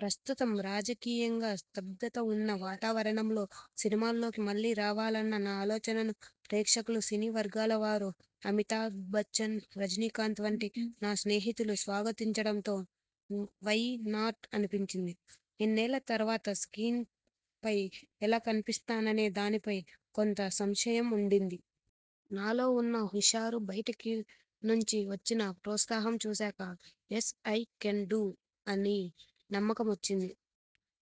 ప్రస్తుతం రాజకీయంగా స్తబ్దత ఉన్న వాతావరణంలో సినిమాల్లోకి మళ్లీ రావాలన్న నా ఆలోచనను ప్రేక్షకులు, సినీ వర్గాల వారు, అమితాబ్ బచ్చన్, రజనీకాంత్ వంటి నా స్నేహితులు స్వాగతించడంతో 'వై నాట్' అనిపించింది. ఇన్నేళ్ల తర్వాత స్క్రీన్ పై ఎలా కనిపిస్తాననే దానిపై కొంత సంశయం ఉండింది. నాలో ఉన్న హుషారు, బయటి నుంచి వచ్చిన ప్రోత్సాహం చూశాక 'యస్ ఐ కెన్ డు' అనే నమ్మకమొచ్చింది.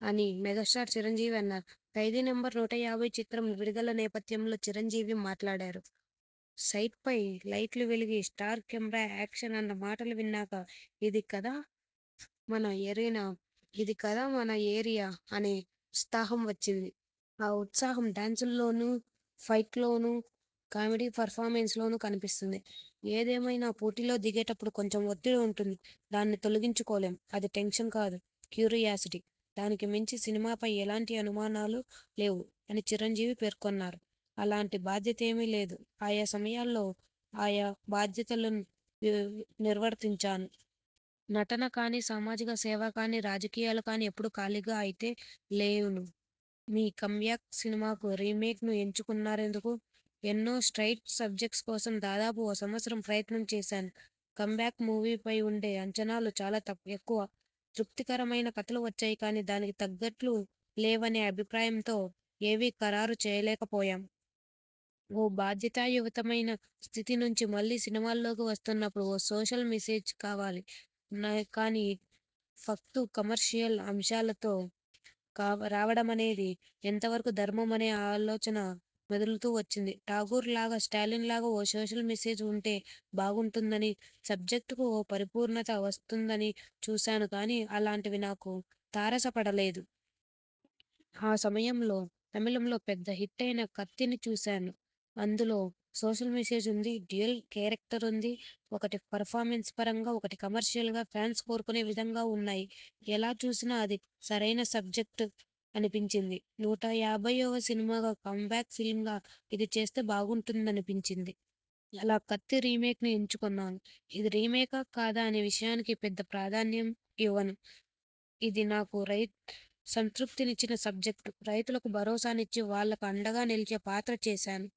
అని మెగాస్టార్ చిరంజీవి అన్నారు. ఖైదీ నంబరు నూట యాభై' చిత్రం విడుదల నేపథ్యంలో చిరంజీవి మాట్లాడారు. సెట్స్పై లైట్లు వెలిగి స్టార్ట్ కెమెరా యాక్షన్ అన్న మాటలు విన్నాక ఇది కదా మన ఎరీనా, ఇది కదా మన ఏరియా అనే ఉత్సాహం వచ్చింది. ఆ ఉత్సాహం డాన్సుల్లోనూ, ఫైట్స్లోనూ, కామెడీ పర్ఫార్మెన్సు లోనూ కనిపిస్తుంది. ఏదేమైనా పోటీలో దిగేటప్పుడు కొంచెం ఒత్తిడి ఉంటుంది. దాన్ని తొలగించుకోలేం. అది టెన్షన్ కాదు, క్యూరియాసిటీ. దానికి మించి సినిమాపై ఎలాంటి అనుమానాలు లేవు. అని చిరంజీవి పేర్కొన్నారు. అలాంటి బాధేమీ లేదు. ఆయా సమయాల్లో ఆ యా బాధ్యతలు నిర్వర్తించాను. నటన కానీ, సామాజిక సేవ కానీ, రాజకీయాలు కానీ ఎప్పుడూ ఖాళీగా అయితే లేను. మీ కమ్బ్యాక్ సినిమాకు రీమేక్ను ఎంచుకున్నారెందుకు? ఎన్నో స్ట్రయిట్ సబ్జెక్ట్స్ కోసం దాదాపు ఓ సంవత్సరం ప్రయత్నం చేశాను. కమ్ బ్యాక్ మూవీపై ఉండే అంచనాలు చాలా ఎక్కువ. తృప్తికరమైన కథలు వచ్చాయి కానీ దానికి తగ్గట్లు లేవనే అభిప్రాయంతో ఏవీ ఖరారు చేయలేకపోయాం. ఓ బాధ్యతాయుతమైన స్థితి నుంచి మళ్లీ సినిమాల్లోకి వస్తున్నప్పుడు ఓ సోషల్ మెసేజ్ కావాలి కానీ ఫక్తు కమర్షియల్ అంశాలతో రావడమనేది ఎంతవరకు ధర్మమనే ఆలోచన మెదలుతూ వచ్చింది. 'ఠాగూర్'లాగా, 'స్టాలిన్'లాగా ఓ సోషల్ మెసేజ్ ఉంటే బాగుంటుందనీ, సబ్జెక్టు కు ఓ పరిపూర్ణత వస్తుందనీ చూశాను కానీ, అలాంటివి నాకు తారస పడలేదు. ఆ సమయంలో తమిళంలో పెద్ద హిట్టయిన 'కత్తి'ని చూశాను. అందులో సోషల్ మెసేజ్ ఉంది. డ్యూయెల్ కేరక్టర్ ఉంది. ఒకటి పర్ఫార్మెన్స్ పరంగా, ఒకటి కమర్షియల్గా ఫ్యాన్స్ కోరుకునే విధంగా ఉన్నాయి. ఎలా చూసినా అది సరైన సబ్జెక్టు అనిపించింది. నూట యాభైవ సినిమాగా, కమ్ బ్యాక్ ఫిల్మ్గా ఇది చేస్తే బాగుంటుందనిపించింది. అలా 'కత్తి' రీమేక్ను ఎంచుకొన్నాను. ఇది రీమేకా, కాదా అనే విషయానికి పెద్ద ప్రాధాన్యం ఇవ్వను. ఇది నాకు సంతృప్తినిచ్చిన సబ్జెక్టు. రైతులకు భరోసానిచ్చి, వాళ్లకు అండగా నిలిచే పాత్ర చేశాను.